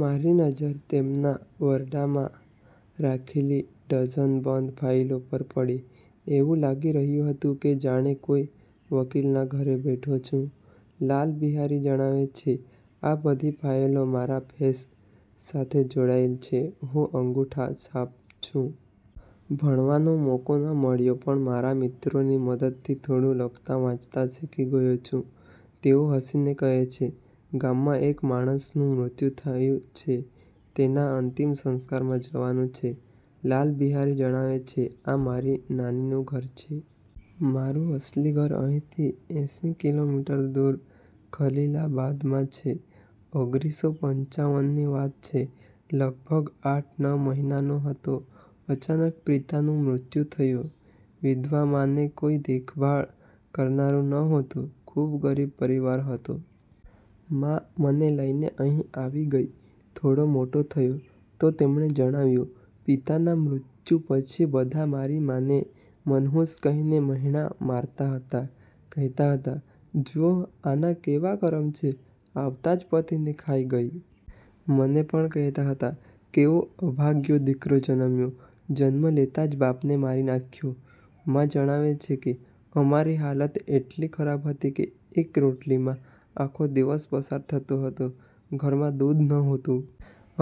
મારી નજર તેમના વરંડામાં રાખેલી ડઝનબંધ ફાઈલો પર પડી. એવું લાગી રહ્યું હતું કે જાણે કોઈ વકીલના ઘરે બેઠો છું. લાલ બિહારી જણાવે છે, "આ બધી ફાઈલો મારા કેસ સાથે જોડાયેલી છે. હું અંગૂઠાછાપ છું. ભણવાનો મોકો ન મળ્યો, પણ મારા મિત્રોની મદદથી થોડું લખતા-વાંચતા શીખી ગયો છું." તેઓ હસીને કહે છે, "ગામમાં એક માણસનું મૃત્યુ થયું છે. તેના અંતિમ સંસ્કારમાં જવાનું છે." લાલ બિહારી જણાવે છે, "આ મારી નાનીનું ઘર છે. મારું અસલી ઘર અહીંથી એંસી કિલોમીટર દૂર ખલીલાબાદમાં છે. ઓગરીસો પંચાવન ની વાત છે. લગભગ આઠ-નવ મહિનાનો હતો. અચાનક પિતાનું મૃત્યુ થયું. વિધવા મા ને કોઈ દેખભાળ કરનારું નહોતું. ખૂબ ગરીબ પરિવાર હતો. મા મને લઈને અહીં આવી ગઈ. થોડો મોટો થયો." તો તેમણે જણાવ્યું, "પિતાના મૃત્યુ પછી બધા મારી માને 'મનહૂસ' કહીને મહેણાં મારતા હતા." કહેતા હતા, "જુઓ, આના કેવા કરમ છે. આવતા જ પતિને ખાઈ ગઈ." મને પણ કહેતા હતા, "કેવો અભાગીયો દીકરો જન્મ્યો. જન્મ લેતા જ બાપને મારી નાખ્યો." મા જણાવે છે કે, "અમારી હાલત એટલી ખરાબ હતી કે એક રોટલીમાં આખો દિવસ પસાર થતો હતો. ઘરમાં દૂધ નહોતું."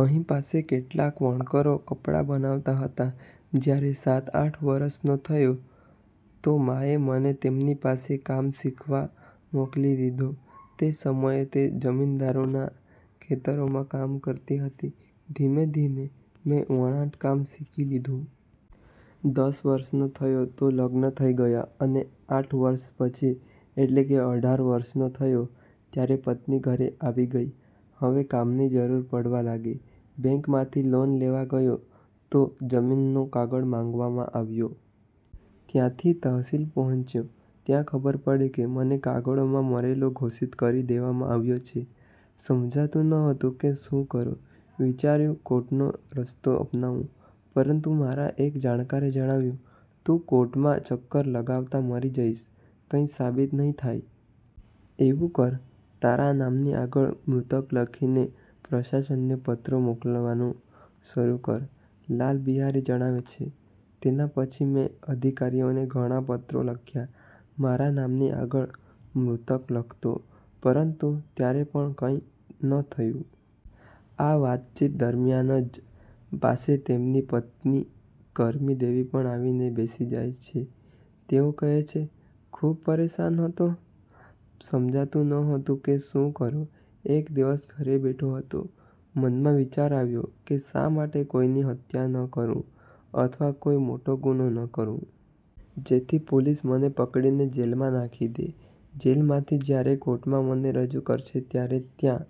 "અહીં પાસે કેટલાક વણકરો કપડાં બનાવતા હતા. જ્યારે સાત-આઠ વર્ષનો થયો, તો માએ મને તેમની પાસે કામ શીખવા મોકલી દીધો. તે સમયે તે જમીનદારોના ખેતરોમાં કામ કરતી હતી. ધીમે-ધીમે મેં વણાટકામ શીખી લીધું. દસ વર્ષનો થયો તો લગ્ન થઈ ગયા, અને આઠ વર્ષ પછી, એટલે કે અઢાર વર્ષનો થયો ત્યારે પત્ની ઘરે આવી ગઈ. હવે કામની જરૂર પડવા લાગી. બેંકમાંથી લોન લેવા ગયો તો જમીનનો કાગળ માંગવામાં આવ્યો. ત્યાંથી તહસીલ પહોંચ્યો. ત્યાં ખબર પડી કે મને કાગળોમાં મરેલો ઘોષિત કરી દેવામાં આવ્યો છે. સમજાતું નહોતું કે શું કરું? વિચાર્યું, કોર્ટનો રસ્તો અપનાવું, પરંતુ મારા એક જાણકારે જણાવ્યું, "તું કોર્ટમાં ચક્કર લગાવતા મરી જઈશ, કંઈ સાબિત નહીં થાય. એવું કર, તારા નામની આગળ મૃતક લખીને પ્રશાસનને પત્રો મોકલવાનું શરૂ કર." લાલ બિહારી જણાવે છે, "તેના પછી મેં અધિકારીઓને ઘણા પત્રો લખ્યા. મારા નામની આગળ મૃતક લખતો, પરંતુ ત્યારે પણ કંઈ ન થયું." આ વાતચીત દરમિયાન જ પાસે તેમની પત્ની કરમી દેવી પણ આવીને બેસી જાય છે. તેઓ કહે છે, "ખૂબ પરેશાન હતો. સમજાતું નહોતું કે શું કરું? એક દિવસ ઘરે બેઠો હતો. મનમાં વિચાર આવ્યો કે શા માટે કોઈની હત્યા ન કરું અથવા કોઈ મોટો ગુનો ન કરું? જેથી પોલીસ મને પકડીને જેલમાં નાખી દે. જેલમાંથી જ્યારે કોર્ટમાં મને રજૂ કરશે ત્યારે ત્યાં